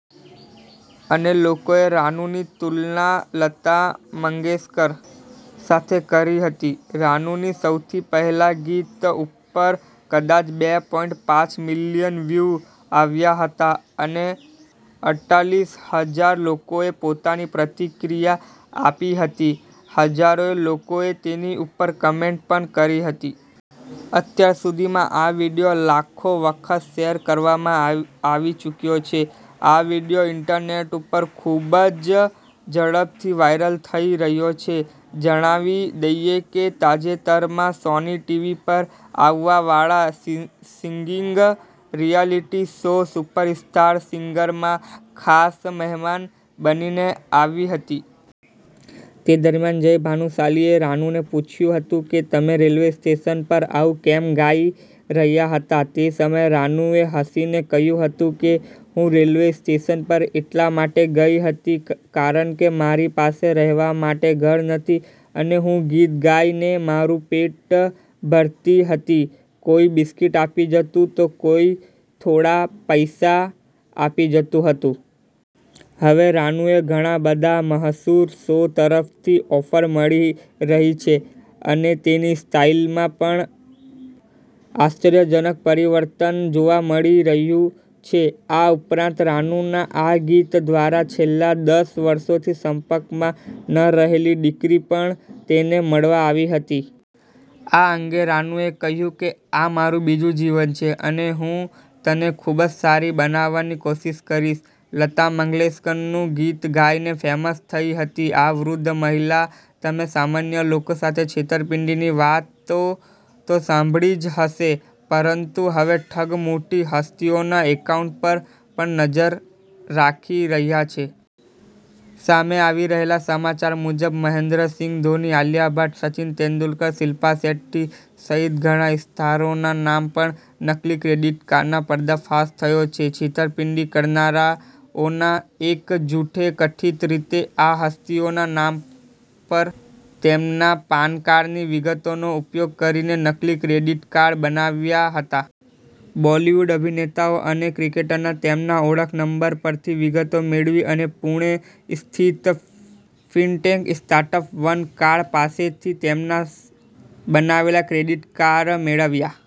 અને લોકોએ રાનુંની તુલના લતા મંગેશકર સાથે કરી હતી. રાનુના સૌથી પહેલા ગીત ઉપર કદાચ બે પોઈંટ પાંચ મિલિયન વ્યુ આવ્યા હતા અને અડતાલીસ હજાર લોકોએ પોતાની પ્રતિક્રિયા આપી હતી. હજારો લોકોએ તેની ઉપર કમેન્ટ પણ કરી હતી. અત્યાર સુધીમાં આ વીડિયો લાખો વખત શેર કરવામાં આવી આવી ચૂક્યો છે. આ વીડિયો ઇન્ટરનેટ ઉપર ખૂબ જ ઝડપથી વાયરલ થઈ રહ્યો છે. જણાવી દઈએ કે, તાજેતરમાં સોની ટીવી પર આવવા વાળા સિંગિંગ રિયાલિટી શો 'સુપરસ્ટાર સિંગર'માં ખાસ મહેમાન બનીને આવી હતી. તે દરમ્યાન જય ભાનુશાલીએ રાનુંને પૂછ્યું હતું કે, તમે રેલ્વે સ્ટેશન પર આવું કેમ ગાઇ રહ્યા હતા. તે સમયે રાનું એ હસીને કહ્યું હતું કે, હું રેલવે સ્ટેશન પર એટલા માટે ગઈ હતી કારણ કે મારી પાસે રહેવા માટે ઘર નથી અને હું ગીત ગાય ને મારું પેટ ભરતી હતી કોઈ બિસ્કીટ આપી જતું તો પછી કોઈ થોડા પૈસા આપી જતું હતું. હવે રાનુંને ઘણા બધા મશહૂર શો તરફથી ઓફર મળી રહી છે અને તેની સ્ટાઈલમાં પણ આશ્ચર્યજનક પરિવર્તન જોવા મળી રહયું છે. આ ઉપરાંત રાનુંના આ ગીત દ્વારા છેલ્લા દસ વર્ષથી સંપર્કમાં ન રહેલી દીકરી પણ તેને મળવા આવી હતી. આ અંગે રાનું એ કહ્યુ કે, આ મારુ બીજું જીવન છે અને હું તને ખુબજ સારો બનાવવાની કોશિશ કરીશ. લતા મંગેશકરનું ગીત ગાયને ફેમસ થઈ હતી આ વૃદ્ધ મહિલા. તમે સામાન્ય લોકો સાથે છેતરપિંડીની વાતો તો સાંભળી જ હશે, પરંતુ હવે ઠગ મોટી હસ્તીઓના એકાઉન્ટ પર પણ નજર રાખી રહ્યા છે. સામે આવી રહેલા સમાચાર મુજબ મહેન્દ્ર સિંહ ધોની, આલિયા ભટ્ટ, સચિન તેંડુલકર, શિપ્લા શેટ્ટી સહિત ઘણા સ્ટાર્સના નામ પર નકલી ક્રેડિટ કાર્ડનો પર્દાફાશ થયો છે. છેતરપિંડી કરનારાઓના એક જૂથે કથિત રીતે આ હસ્તીઓના નામ પર તેમના પાન કાર્ડની વિગતોનો ઉપયોગ કરીને નકલી ક્રેડિટ કાર્ડ બનાવ્યા હતા. બોલિવૂડ અભિનેતાઓ અને ક્રિકેટરોના તેમના ઓળખ નંબર પરથી વિગતો મેળવી અને પૂણે સ્થિત ફિનટેક સ્ટાર્ટઅપ 'વન કાર્ડ' પાસેથી તેમના બનાવેલા ક્રેડિટ કાર્ડ મેળવ્યા.